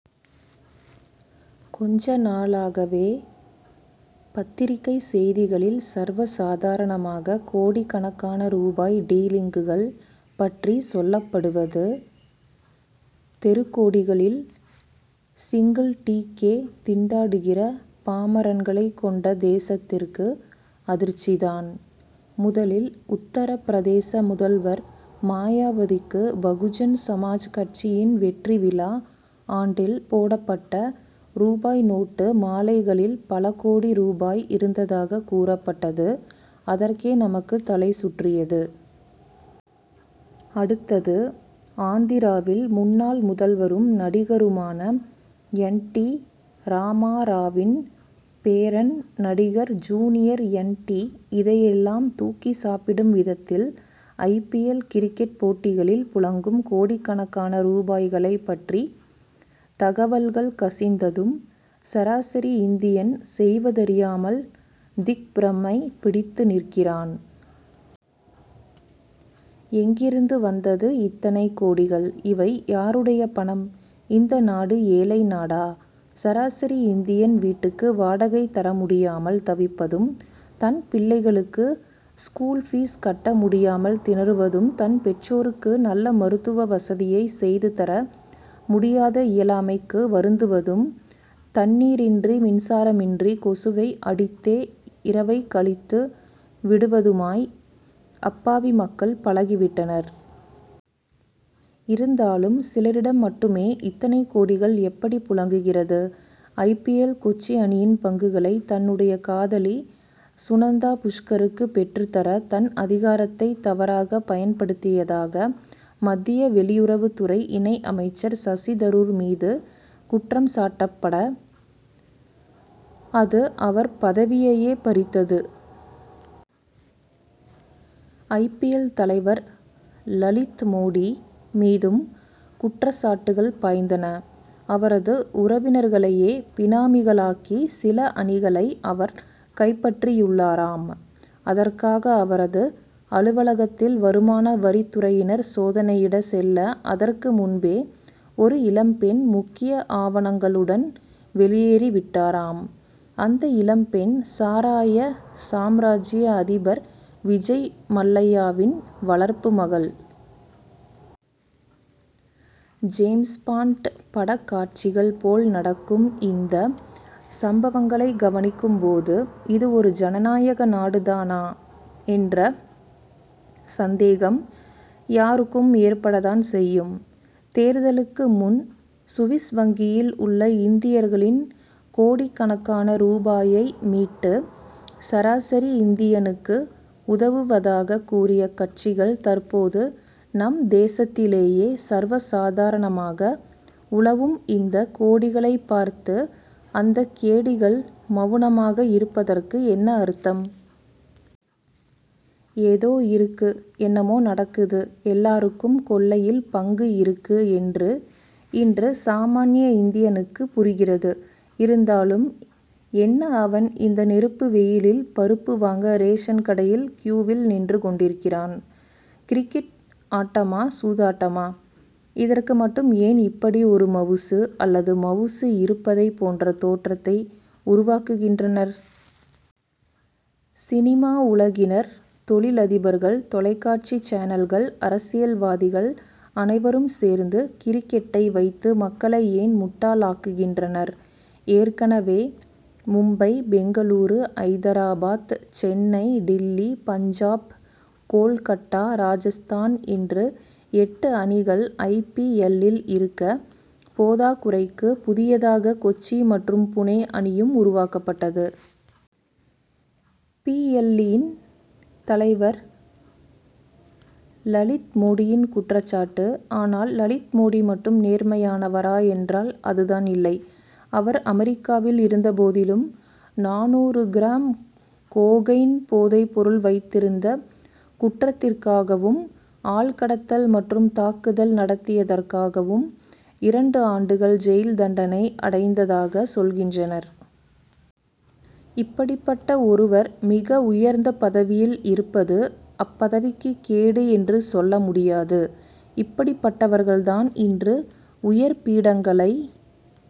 கொஞ்ச நாளாகவே பத்திரிகை செய்திகளில் சர்வ சாதாரணமாக கோடிக்கணக்கான ரூபாய் டீலிங்குகள் பற்றி சொல்லப்படுவது தெருக்கோடியில் சிங்கிள் டீக்கே திண்டாடுகிற பாமரன்களை கொண்ட தேசத்திற்கு அதிர்ச்சி தான். முதலில் உத்தரபிரதேச முதல்வர் மாயாவதிக்கு பகுஜன் சமாஜ் கட்சியின் வெற்றி விழா ஆண்டில் போடப்பட்ட ரூபாய் நோட்டு மாலைகளில் பல கோடி ரூபாய் இருந்ததாகக் கூறப்பட்டது அதற்கே நமக்கு தலை சுற்றியது. அடுத்தது ஆந்திராவில் முன்னாள் முதல்வரும் நடிகருமான என். டி. ராமாராவின் பேரன் நடிகர் ஜூனியர் என். டி. இதையெல்லாம் தூக்கி சாப்பிடும் விதத்தில் ஐ. பி. எல். கிரிக்கெட் போட்டிகளில் புழங்கும் கோடிக்கணக்கான ரூபாய்களை பற்றி தகவல்கள் கசிந்ததும் சராசரி இந்தியன் செய்வதறியாமல் திக்பிரமை பிடித்து நிற்கிறான். எங்கிருந்து வந்தது இத்தனை கோடிகள்? இவை யாருடைய பணம்? இந்த நாடு ஏழை நாடா? சராசரி இந்தியன் வீட்டுக்கு வாடகை தர முடியாமல் தவிப்பதும் தன் பிள்ளைகளுக்கு ஸ்கூல் பீஸ் கட்ட முடியாமல் திணறுவதும் தன் பெற்றோருக்கு நல்ல மருத்துவ வசதியை செய்து தர முடியாத இயலாமைக்கு வருந்துவதும் தண்ணீரின்றி மின்சாரமின்றி கொசுவை அடித்தே இரவைக் கழித்து விடுவதுமாய் அப்பாவி மக்கள் பழகி விட்டனர். இருந்தாலும் சிலரிடம் மட்டுமே இத்தனை கோடிகள் எப்படி புழங்குகிறது? ஐ. பி. எல். கொச்சி அணியின் பங்குகளை தன்னுடைய காதலி சுனந்தா புஷ்கருக்கு பெற்றுத்தர தன் அதிகாரத்தை தவறாக பயன்படுத்தியதாக மத்திய வெளியுறவுத் துறை இணை அமைச்சர் சசி தரூர் மீது குற்றம் சாட்டப் பட அது அவர் பதவியையே பறித்தது. ஐ. பி. எல். தலைவர் லலித் மோடி மீதும் குற்றச்சாட்டுகள் பாய்ந்தன. அவரது உறவினர்களையே பினாமிகளாக்கி சில அணிகளை அவர் கைப்பற்றியுள்ளாராம். அதற்காக அவரது அலுவலகத்தில் வருமான வரித்துறையினர் சோதனையிட செல்ல அதற்கு முன்பே ஒரு இளம் பெண் முக்கிய ஆவணங்களுடன் வெளியேறிவிட்டாராம். அந்த இளம் பெண் சாராய சாம்ராஜ்ய அதிபர் விஜய் மல்லையாவின் வளர்ப்பு மகள். ஜேம்ஸ் பாண்ட் படக் காட்சிகள் போல் நடக்கும் இந்த சம்பவங்களை கவனிக்கும் போது இது ஒரு ஜனநாயக நாடுதானா என்ற சந்தேகம் யாருக்கும் ஏற்படத்தான் செய்யும். தேர்தலுக்கு முன் சுவிஸ் வங்கியில் உள்ள இந்தியர்களின் கோடிக்கணக்கான ரூபாயை மீட்டு சராசரி இந்தியனுக்கு உதவுவதாக கூறிய கட்சிகள் தற்போது நம் தேசத்திலேயே சர்வசாதாரணமாக உலவும் இந்த கோடிகளை பார்த்து அந்த கேடிகள் மவுனமாக இருப்பதற்கு என்ன அர்த்தம்? ஏதோ இருக்கு என்னமோ நடக்குது எல்லாருக்கும் கொள்ளையில் பங்கு இருக்கு என்று இன்று சாமான்ய இந்தியனுக்குப் புரிகிறது. இருந்தாலும் என்னஅவன் இந்த நெருப்பு வெயிலில் பருப்பு வாங்க ரேஷன் கடையில் க்யூவில் நின்று கொண்டிருக்கிறான். கிரிக்கெட் ஆட்டமா சூதாட்டமா? இதற்கு மட்டும் ஏன் இப்படி ஒரு மவுசு அல்லது மவுசு இருப்பதை போன்ற தோற்றத்தை உருவாக்குகின்றனர்? சினிமா உலகினர் தொழிலதிபர்கள் தொலைக்காட்சி சேனல்கள் அரசியல்வாதிகள் அனைவரும் சேர்ந்து கிரிக்கெட்டை வைத்து மக்களை ஏன் முட்டாள்களாக்குகின்றனர். ஏற்கனவே மும்பை பெங்களூரு ஐதராபாத் சென்னை டில்லி பஞ்சாப் கோல்கட்டா ராஜஸ்தான் என்று எட்டு அணிகள் ஐ. பி. எல்.லில் இருக்க போதாக்குறைக்கு புதியதாக கொச்சி மற்றும் புனே அணியும் உருவாக்கப்பட்டது. பி. எல்.லின் தலைவர் லலித் மோடியின் குற்றச் சாட்டு. ஆனால் லலித் மோடி மட்டும் நேர்மையானவரா என்றால் அதுதான் இல்லை. அவர் அமெரிக்காவில் இருந்தபோதிலும் நானூறு கிராம் கோகைன் போதை பொருள் வைத்திருந்த குற்றத்திற்காகவும் ஆள்கடத்தல் மற்றும் தாக்குதல் நடத்தியதற்காகவும் இரண்டு ஆண்டுகள் ஜெயில் தண்டனை அடைந்ததாக சொல்கின்றனர். இப்படிப்பட்ட ஒருவர் மிக உயர்ந்த பதவியில் இருப்பது அப்பதவிக்கு கேடு என்று சொல்ல முடியாது இப்படிப்பட்டவர்கள் தான் இன்று உயர் பீடங்களை